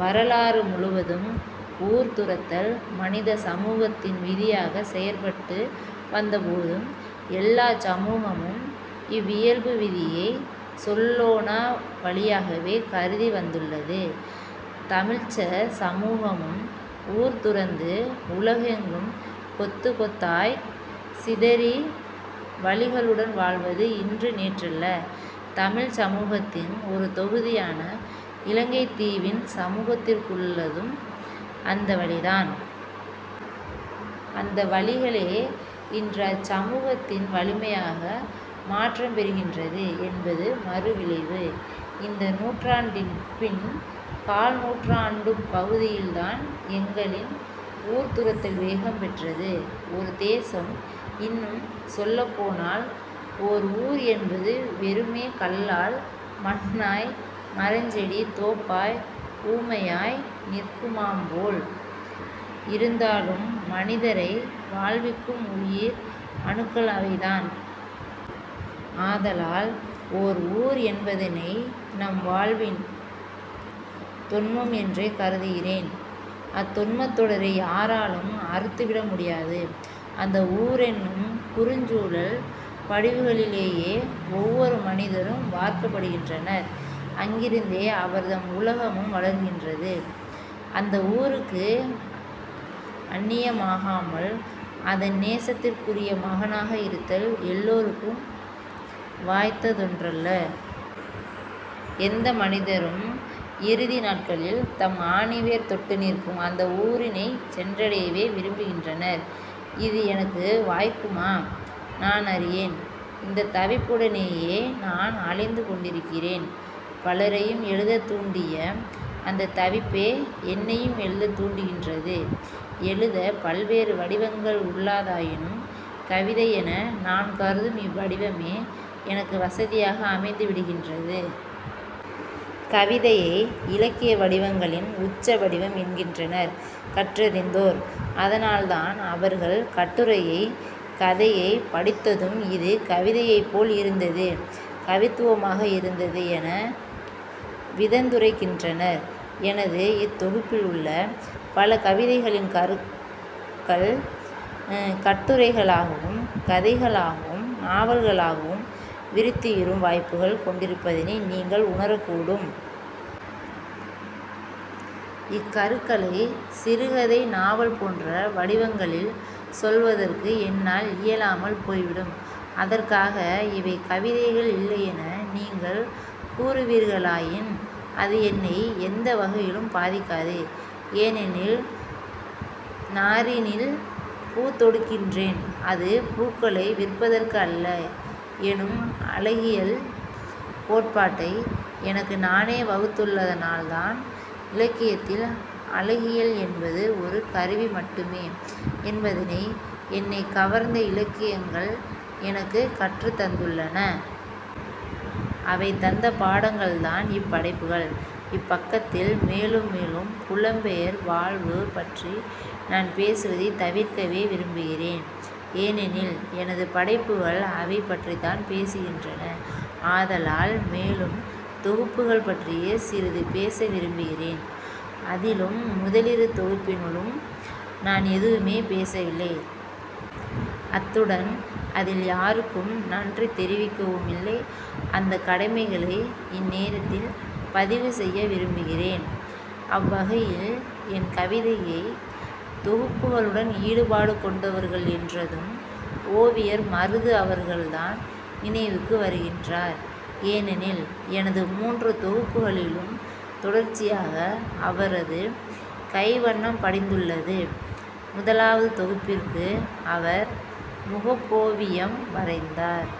வரலாறு முழுவதும் ஊர் துறத்தல் மனித சமூகத்தின் விதியாகச் செயற்பட்டு வந்தபோதும் எல்லாச் சமூகமும் இவ்வியல்பு விதியைச் சொல்லொணா வலியாகவே கருதி வந்துள்ளது. தமிழ்ச சமூகமும் ஊர் துறந்து, உலகெங்கும் கொத்துக் கொத்தாய்த் சிதறி வலிகளுடன் வாழ்வது இன்று நேற்றல்ல. தமிழ்ச் சமூகத்தின் ஒரு தொகுதியான இலங்கைத் தீவின் சமூகத்திற்குள்ளதும் அந்த வலிதான். அந்த வலிகளே இன்று அச்சமூகத்தின் வலிமையாக மாற்றம்பெறுகின்றது என்பது மறு விளைவு. இந்த நூற்றாண்டின் பின் கால்நூற்றாண்டுப் பகுதியில்தான் எங்களின் ஊர்துறத்தல் வேகம் பெற்றது. ஒரு தேசம், இன்னும் சொல்லப்போனால் ஓர் ஊர் என்பது வெறுமே கல்லாய், மண்ணாய், மரஞ்செடி தோப்பாய், ஊமையாய் நிற்குமாப்போல் இருந்தாலும்மனிதரை வாழ்விக்கும் உயிர் அணுக்கள் அவைதான். ஆதலால் ஓர் ஊர் என்பதனை நம்வாழிவின் தொன்மம் என்றே கருதுகிறேன். அத்தொன்மத் தொடரை யாராலும் அறுத்துவிட முடியாது. அந்த ஊரென்னும் குறுஞ்சூழல் படிவுகளிலேயே ஒவ்வொரு மனிதரும் வார்க்கப்படுகின்றனர். அங்கிருந்தே அவர்தம் உலகமும் வளர்கின்றது. அந்த ஊருக்கு அந்நியமாகாமல் அதன் நேசத்திற்குரிய மகனாக இருத்தல் எல்லோருக்கும் வாய்த்ததொன்றல்ல. எந்த மனிதரும் இறுதி நாட்களில் தம் ஆணிவேர் தொட்டு நிற்கும் அந்த ஊரினைச் சென்றடையவே விரும்புகின்றனர். இது எனக்கு வாய்க்குமா நான் அறியேன். இந்த தவிப்புடனேயே நான் அலைந்து கொண்டிருக்கிறேன் பலரையும் எழுதத் தூண்டிய அந்தத் தவிப்பே என்னையும் எழுதத் தூண்டுகின்றது. எழுத பல்வேறு வடிவங்கள் உள்ளதாயினும் கவிதையென நான் கருதும் இவ்வடிவமே எனக்கு வசதியாக அமைந்து விடுகின்றது. கவிதையை இலக்கிய வடிவங்களின் உச்ச வடிவம் என்கின்றனர் கற்றறிந்தோர். அதனால்தான் அவர்கள் கட்டுரையை, கதையை, படித்ததும் இது கவிதையைப்போல் இருந்தது. கவித்துவமாக இருந்தது என விதந்துரைக்கின்றனர். எனது இத் தொகுப்பில் உள்ள பல கவிதைகளின் கருக்கள் கட்டுரைகளாகவும், கதைகளாகவும், நாவல்களாகவும் விருத்தியுறும் வாய்ப்புகள் கொண்டிருப்பதனை நீங்கள் உணரக்கூடும். இக்கருக்களை சிறுகதை, நாவல் போன்ற வடிவங்களில் சொல்வதற்கு என்னால் இயலாமல் போய்விட்டது. அதற்காக இவை கவிதைகள் இல்லையென நீங்கள் கூறுவீர்களாயின் அது என்னை எந்த வகையிலும் பாதிக்காது. ஏனெனில் நாரினில் பூத்தொடுக்கின்றேன். அது பூக்களை விற்பதற்கு அல்ல என்னும் அழகியல் கோட்பாட்டை எனக்கு நானே வகுத்துள்ளதனால்தான் இலக்கியத்தில் அழகியல் என்பது ஒரு கருவி மட்டுமே என்பதனை என்னைக் கவர்ந்த இலக்கியங்கள் எனக்கு கற்றுத் தந்துள்ளன. அவை தந்த பாடங்கள்தான் இப்படைப்புகள். இப்பக்கத்தில் மேலும் மேலும் புலம் பெயர் வாழ்வு பற்றி நான் பேசுவதைத் தவிர்க்கவே விரும்புகிறேன். ஏனெனில் எனது படைப்புகள் அவை பற்றித்தான் பேசுகின்றன. ஆதலால் மேலும் தொகுப்புகள் பற்றியே சிறிது பேச விரும்புகிறேன். அதிலும் முதலிரு தொகுப்பினிலும் நான் எதுவும் பேசவில்லை. அத்துடன் அதில் யாருக்கும் நன்றி தெரிவிக்கவுமில்லை. அந்தக் கடமைகளை இந்நேரத்தில் பதிவு செய்யவிரும்புகிறேன். அவ்வகையில் என் கவிதைத் தொகுப்புகளுடன் ஈடுபாடு கொண்டவர்கள் என்றதும் ஓவியர் மருது அவர்கள்தான் நினைவுக்கு வருகின்றார். ஏனெனில், எனது மூன்று தொகுப்புகளிலும் தொடர்ச்சியாக அவரது கைவண்ணம் படிந்துள்ளது. முதலாவது தொகுப்பிற்கு அவர் முகப்போவியம் வரைந்தார்.